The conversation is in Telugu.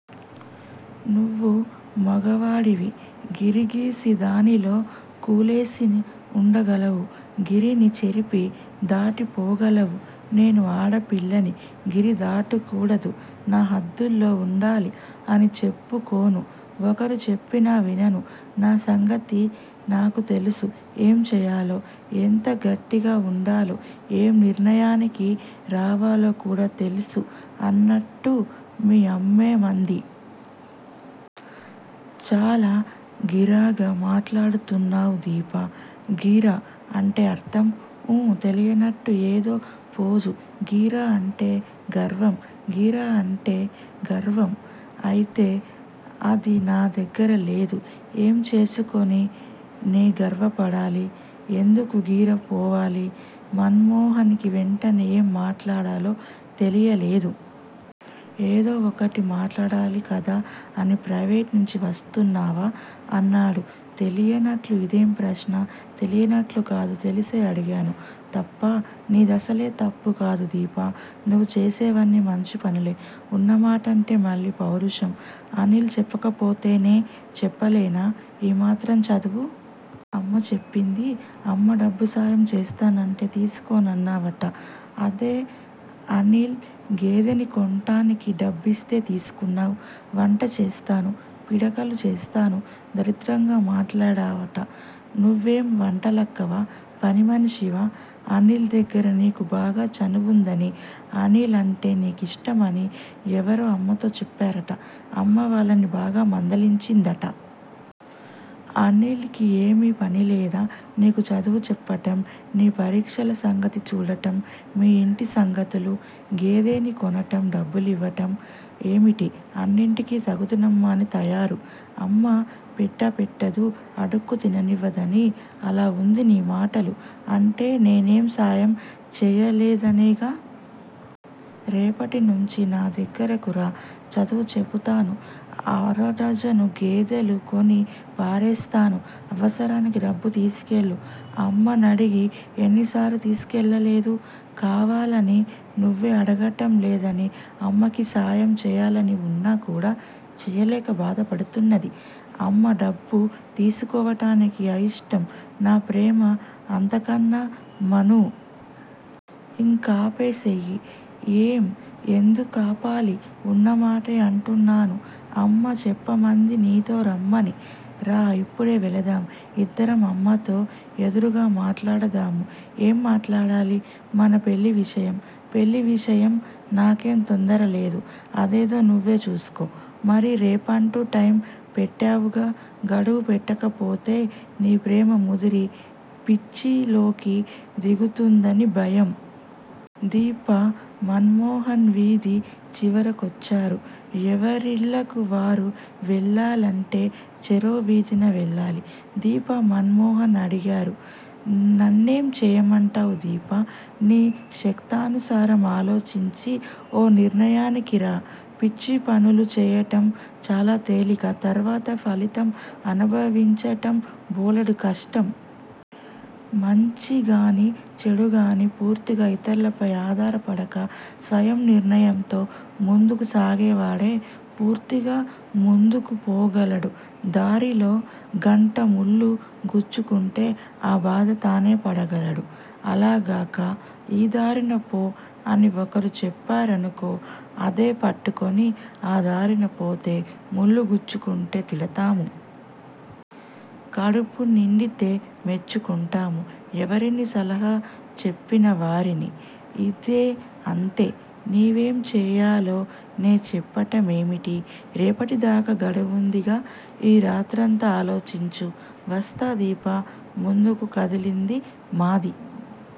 నువ్వు మగవాడివి, గిరిగీసి దానిలో కూలేసినా ఉండగలవు. గిరిని చెరిపి దాటి పోగలవు నేను ఆడ పిల్లని గిరి దాటకూడదు, నా హద్దుల్లో వుండాలి అని చెప్పుకోను. ఒకరు చెప్పినా వినను. నా సంగతి నాకు తెలుసు. ఏం చేయాలో, ఎంత గట్టిగా వుండాలో, ఏం నిర్ణయానికి రావాలో కూడా తెల్సు, అన్నట్టు మీ అమ్మేమంది? చాలా గీరగా మాట్లాడుతున్నావ్ దీపా! గీర! అంటే అర్ధం? ఊ. తెలియనట్టు అదో ఫోజు, గీర అంటే గర్వం. గీర అంటే గర్వం అయితే అది నా దగ్గర లేదు. ఏం చేసుకుని నే గర్వపడాలి. ఎందుకు గీర పోవాలి? మన్ మోహన్ కి వెంటనే ఏం మాట్లాడాలో తెలియలేదు. ఏదో ఒకటి మాట్లాడాలి కదా అని ప్రయివేట్ నుంచి వస్తున్నావా? అన్నాడు. తెలియనట్లు ఇదేం ప్రశ్న. తెలియనట్లు కాదు తెలిసే అడిగాను. తప్పా! నీదసలే తప్పు కాదు దీపా! నువ్వు చేసేవన్ని మంచిపనులే, ఉన్న మాటంటే మళ్ళీ పౌరుషం. అనిల్ చెప్పకపోతే నే చెప్పలేనా ఈ మాత్రం చదువు! అమ్మ చెప్పింది. అమ్మ డబ్బు సాయం చేస్తానంటే తీసుకోనన్నావట. అదే అనిల్ గేదెని కొంటానికి డబ్బిస్తే తీసుకున్నావ్. వంటచేస్తాను, పిడకలు చేస్తాను, దరిద్రంగా మాట్లాడావట. నువ్వేం వంటలక్కవా? పనిమనిషివా? అనిల్ దగ్గర నీకు బాగా చనువుందని, అనిల్ అంటే నీకిష్టమని ఎవరో అమ్మతో చెప్పారట. అమ్మ వాళ్ళని బాగా మందలించిందట. అనిల్ కి ఏమీ పనిలేదా. నీకు చదువు చెప్పటం, నీ పరీక్షల సంగతి చూడటం, మీ ఇంటి సంగతులు? గేదెని కొనటం, డబ్బులివ్వటం, ఏమిటి అన్నింటికి తగుదునమ్మా అని తయారు. అమ్మా పెట్టాపెట్టదు. అడుక్కు తిననివ్వదని అలా వుంది నీ మాటలు అంటే నేనం సాయం చేయలేదనేగా? రేపటినుంచి నా దగ్గరకు రా చదువు చెపుతాను, అరడజను గేదలు కొని పారేస్తాను. అవసరానికి డబ్బు తీసుకెళ్ళు అమ్మనడిగి ఎన్నిసార్లు తీసుకెళ్ళలేదు! కావాలని నువ్వే అడగటం లేదని అమ్మకి సాయం చేయాలని వున్నా కూడ చేయలేక బాధ పడుతున్నది. అమ్మ డబ్బు తీసుకోటానికి అయిష్టం. నా ప్రేమ అంతకన్నా మనూ! ఇంకాపేసెయ్యి. ఏం, ఎందుకాపాలి! ఉన్నమాటే అంటున్నాను. అమ్మ చెప్పమంది నీతో రమ్మని. రా ఇప్పుడే వెళదాం. ఇద్దరం అమ్మతో ఎదురుగా మాట్లాడదాము. ఏం మాట్లాడాలి? మన పెళ్ళి విషయం. పెళ్ళి విషయం నాకేం తొందరలేదు. అదేదో నువ్వే చూసుకో. మరి రేపంటూ టైమ్ పెట్టావుగా? గడువు పెట్టకపోతే నీ ప్రేమ ముదిరి పిచ్చిలోకి దిగుతుందని భయం. దీప, మన్ మోహన్ వీధి చివరి కొచ్చారు. ఎవరిళ్ళకు వారు వెళ్ళాలంటే చెరో వీధినా వెళ్ళాలి. దీప, మన్ మోహన్ అడిగాడు. నన్నేం చేయమంటావ్ దీపా! నీ శక్తానుసారం ఆలోచించి ఓ నిర్ణయానికిరా. పిచ్చి పనులు చేయటం చాలా తేలిక తర్వాత ఫలితం అనుభవించటం బోలెడు కష్టం. మంచిగాని చెడుగాని పూర్తిగా ఇతర్లపై ఆధారపడక స్వయం నిర్ణయంతో ముందుకు సాగేవాడే పూర్తిగా ముందుకు పోగలడు. దారిలో గంట ముళ్లు గుచ్చుకుంటే ఆ బాధ తానే పడగలడు. అలా గాక ఈ దారిన పో అని ఒకరు చెప్పారనుకో, అదే పట్టుకుని ఆ దారినపోతే ముళ్ళు గుచ్చుకుంటే తిడతాము. కడుపునిండితే మెచ్చుకుంటాము. ఎవరిని! సలహా చెప్పిన వారిని. ఇదీ అంతే, నీవేం చేయాలో నే చెప్పటమేమిటి? రేపటిదాకా గడువుందిగా ఈ రాత్రంతా ఆలోచించు. వస్తా దీప ముందుకు కదిలింది. మాది